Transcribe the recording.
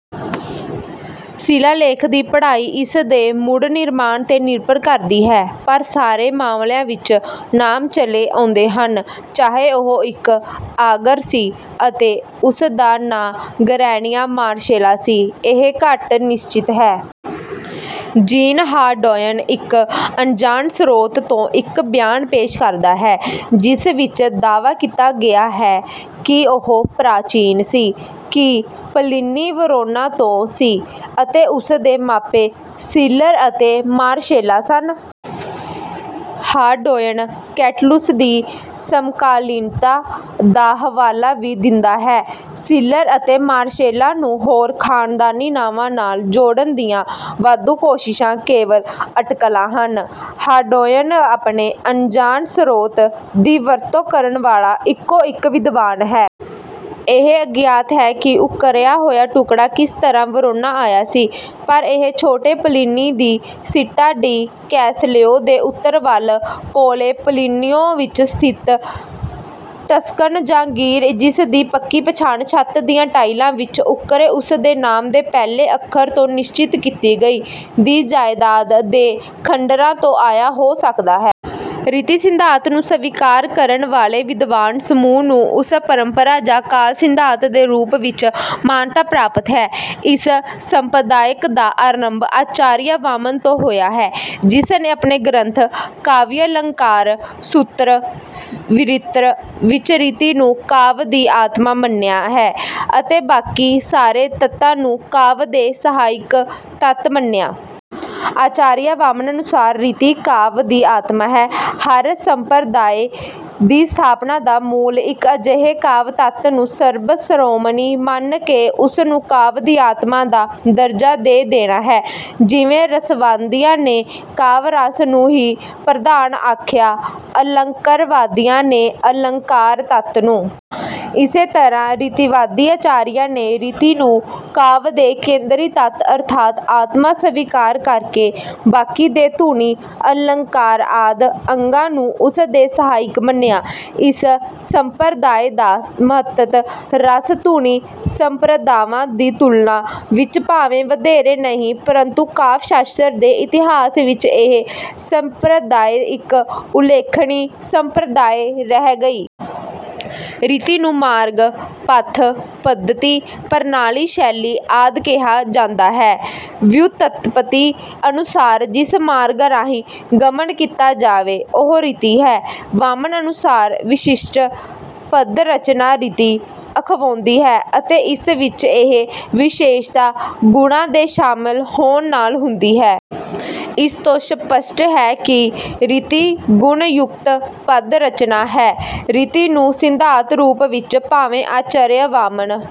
ਸ਼ਿਲਾਲੇਖ ਦੀ ਪੜ੍ਹਾਈ ਇਸ ਦੇ ਮੁੜ ਨਿਰਮਾਣ 'ਤੇ ਨਿਰਭਰ ਕਰਦੀ ਹੈ, ਪਰ ਸਾਰੇ ਮਾਮਲਿਆਂ ਵਿੱਚ ਨਾਮ ਚਲੇ ਆਉਂਦੇ ਹਨ। ਚਾਹੇ ਉਹ ਇੱਕ ਆਗਰ ਸੀ ਅਤੇ ਉਸ ਦਾ ਨਾਂ ਗ੍ਰੈਨੀਆ ਮਾਰਸੇਲਾ ਸੀ, ਇਹ ਘੱਟ ਨਿਸ਼ਚਤ ਹੈ। ਜੀਨ ਹਾਰਡੌਇਨ ਇੱਕ ਅਣਜਾਣ ਸ੍ਰੋਤ ਤੋਂ ਇੱਕ ਬਿਆਨ ਪੇਸ਼ ਕਰਦਾ ਹੈ, ਜਿਸ ਵਿੱਚ ਦਾਅਵਾ ਕੀਤਾ ਗਿਆ ਹੈ ਕਿ ਉਹ ਪ੍ਰਾਚੀਨ ਸੀ। ਕਿ ਪਲੀਨੀ ਵਰੋਨਾ ਤੋਂ ਸੀ ਅਤੇ ਉਸਦੇ ਮਾਪੇ ਸੀਲਰ ਅਤੇ ਮਾਰਸੇਲਾ ਸਨ। ਹਾਰਡੌਇਨ ਕੈਟਲੁਸ ਦੀ ਸਮਕਾਲੀਨਤਾ ਦਾ ਹਵਾਲਾ ਵੀ ਦਿੰਦਾ ਹੈ। ਸੀਲਰ ਅਤੇ ਮਾਰਸ਼ੇਲਾ ਨੂੰ ਹੋਰ ਖ਼ਾਨਦਾਨੀ ਨਾਵਾਂ ਨਾਲ ਜੋੜਨ ਦੀਆਂ ਵਾਧੂ ਕੋਸ਼ਿਸ਼ਾਂ ਕੇਵਲ ਅਟਕਲਾਂ ਹਨ। ਹਾਰਡੌਇਨ ਆਪਣੇ ਅਣਜਾਣ ਸਰੋਤ ਦੀ ਵਰਤੋਂ ਕਰਨ ਵਾਲਾ ਇੱਕੋ ਇੱਕ ਵਿਦਵਾਨ ਹੈ। ਇਹ ਅਗਿਆਤ ਹੈ ਕਿ ਉਕਰਿਆ ਹੋਇਆ ਟੁਕੜਾ ਕਿਸ ਤਰ੍ਹਾਂ ਵਰੋਨਾ ਆਇਆ ਸੀ। ਪਰ ਇਹ ਛੋਟੇ ਪਲੀਨੀ ਦੀ ਸੀਟਾ ਡੀ ਕੈਸਲੇਓ ਦੇ ਉੱਤਰ ਵੱਲ ਕੋਲੇ ਪਲੀਨੀਓ ਵਿੱਚ ਸਥਿਤ ਟਸਕਨ ਜਾਗੀਰ, ਜਿਸ ਦੀ ਪੱਕੀ ਪਛਾਣ ਛੱਤ ਦੀਆਂ ਟਾਇਲਾਂ ਵਿੱਚ ਉੱਕਰੇ ਉਸਦੇ ਨਾਮ ਦੇ ਪਹਿਲੇ ਅੱਖਰਾਂ ਤੋਂ ਨਿਸ਼ਚਿਤ ਕੀਤੀ ਗਈ, ਦੀ ਜਾਇਦਾਦ ਦੇ ਖੰਡਰਾਂ ਤੋਂ ਆਇਆ ਹੋ ਸਕਦਾ ਹੈ। ਰੀਤੀ ਸਿਧਾਂਤ ਨੂੰ ਸਵੀਕਾਰ ਕਰਨ ਵਾਲੇ ਵਿਦਵਾਨ ਸਮੂਹ ਨੂੰ ਉਸ ਪਰੰਪਰਾ ਜਾਂ ਕਾਲ ਸਿਧਾਂਤ ਦੇ ਰੂਪ ਵਿੱਚ ਮਾਨਤਾ ਪ੍ਰਾਪਤ ਹੈ। ਇਸ ਸੰਪ੍ਰਦਾਇ ਦਾ ਆਰੰਭ ਆਚਾਰੀਆ ਵਾਮਨ ਤੋਂ ਹੋਇਆ ਹੈ, ਜਿਸ ਨੇ ਆਪਣੇ ਗ੍ਰੰਥ ਕਾਵਿਯਾਲੰਕਾਰ ਸੂਤ੍ਰ ਵ੍ਰਿਤਿ ਵਿੱਚ ਰੀਤੀ ਨੂੰ ਕਾਵਿ ਦੀ ਆਤਮਾ ਮੰਨਿਆ ਅਤੇ ਬਾਕੀ ਸਾਰੇ ਤੱਤਾਂ ਨੂੰ ਕਾਵਿ ਦੇ ਸਹਾਇਕ ਤੱਤ ਮੰਨਿਆ। ਆਚਾਰੀਆ ਵਾਮਨ ਅਨੁਸਾਰ ਰੀਤੀ ਕਾਵਿ ਦੀ ਆਤਮਾ ਹੈ। ਹਰ ਸੰਪ੍ਰਦਾਇ ਦੀ ਸਥਾਪਨਾ ਦਾ ਮੂਲ ਇੱਕ ਅਜਿਹੇ ਕਾਵਿ ਤੱਤ ਨੂੰ ਸਰਬ ਸਰੋਮਣੀ ਮੰਨ ਕੇ ਉਸਨੂੰ ਕਾਵਿ ਦੀ ਆਤਮਾ ਦਾ ਦਰਜਾ ਦੇ ਦੇਣਾ ਹੈ। ਜਿਵੇਂ ਰਸਵਾਦੀਆਂ ਨੇ ਕਾਵਿ-ਰਸ ਨੂੰ ਹੀ ਪ੍ਰਧਾਨ ਆਖਿਆ, ਅਲੰਕਰਵਾਦੀਆਂ ਨੇ ਅਲੰਕਾਰ ਤੱਤ ਨੂੰ। ਇਸੇ ਤਰ੍ਹਾਂ ਰੀਤੀਵਾਦੀ ਆਚਾਰੀਆਂ ਨੇ ਰੀਤੀ ਨੂੰ ਕਾਵਿ ਦੇ ਕੇਂਦਰੀ ਤੱਤ ਅਰਥਾਤ ਆਤਮਾ ਸਵੀਕਾਰ ਕਰਕੇ ਬਾਕੀ ਦੇ ਧੁਨੀ, ਅਲੰਕਾਰ ਆਦਿ ਅੰਗਾਂ ਨੂੰ ਉਸਦੇ ਸਹਾਇਕ ਮੰਨਿਆ। ਇਸ ਸੰਪ੍ਰਦਾਇ ਦਾ ਮਹੱਤਤ ਰਸ, ਧੁਨੀ ਸੰਪ੍ਰਦਾਵਾਂ ਦੀ ਤੁਲਨਾ ਵਿੱਚ ਭਾਵੇਂ ਵਧੇਰੇ ਨਹੀਂ, ਪ੍ਰੰਤੂ ਕਾਵਿ-ਸ਼ਾਸਤਰ ਦੇ ਇਤਿਹਾਸ ਵਿੱਚ ਇਹ ਸੰਪ੍ਰਦਾਇ ਇੱਕ ਉਲੇਖਨੀ ਸੰਪ੍ਰਦਾਇ ਰਹਿ ਗਈ। ਰੀਤੀ ਨੂੰ ਮਾਰਗ, ਪਥ, ਪੱਧਤੀ, ਪ੍ਰਣਾਲੀ, ਸ਼ੈਲੀ ਆਦਿ ਕਿਹਾ ਜਾਂਦਾ ਹੈ। ਵਿਉਤਪੱਤੀ ਅਨੁਸਾਰ ਜਿਸ ਮਾਰਗ ਰਾਹੀਂ ਗਮਨ ਕੀਤਾ ਜਾਵੇ, ਉਹ ਰੀਤੀ ਹੈ। ਵਾਮਨ ਅਨੁਸਾਰ ਵਿਸ਼ਿਸ਼ਟ ਪਦ-ਰਚਨਾ ਰੀਤੀ ਅਖਵਾਉਂਦੀ ਹੈ ਅਤੇ ਇਸ ਵਿੱਚ ਇਹ ਵਿਸ਼ੇਸ਼ਤਾ ਗੁਣਾਂ ਦੇ ਸ਼ਾਮਲ ਹੋਣ ਨਾਲ ਹੁੰਦੀ ਹੈ। ਇਸ ਤੋਂ ਸਪੱਸ਼ਟ ਹੈ ਕਿ ਰੀਤੀ ਗੁਣ-ਯੁਕਤ ਪਦ ਰਚਨਾ ਹੈ। ਰੀਤੀ ਨੂੰ ਸਿਧਾਂਤ ਰੂਪ ਵਿੱਚ ਭਾਵੇਂ ਆਚਾਰਯ ਵਾਮਨ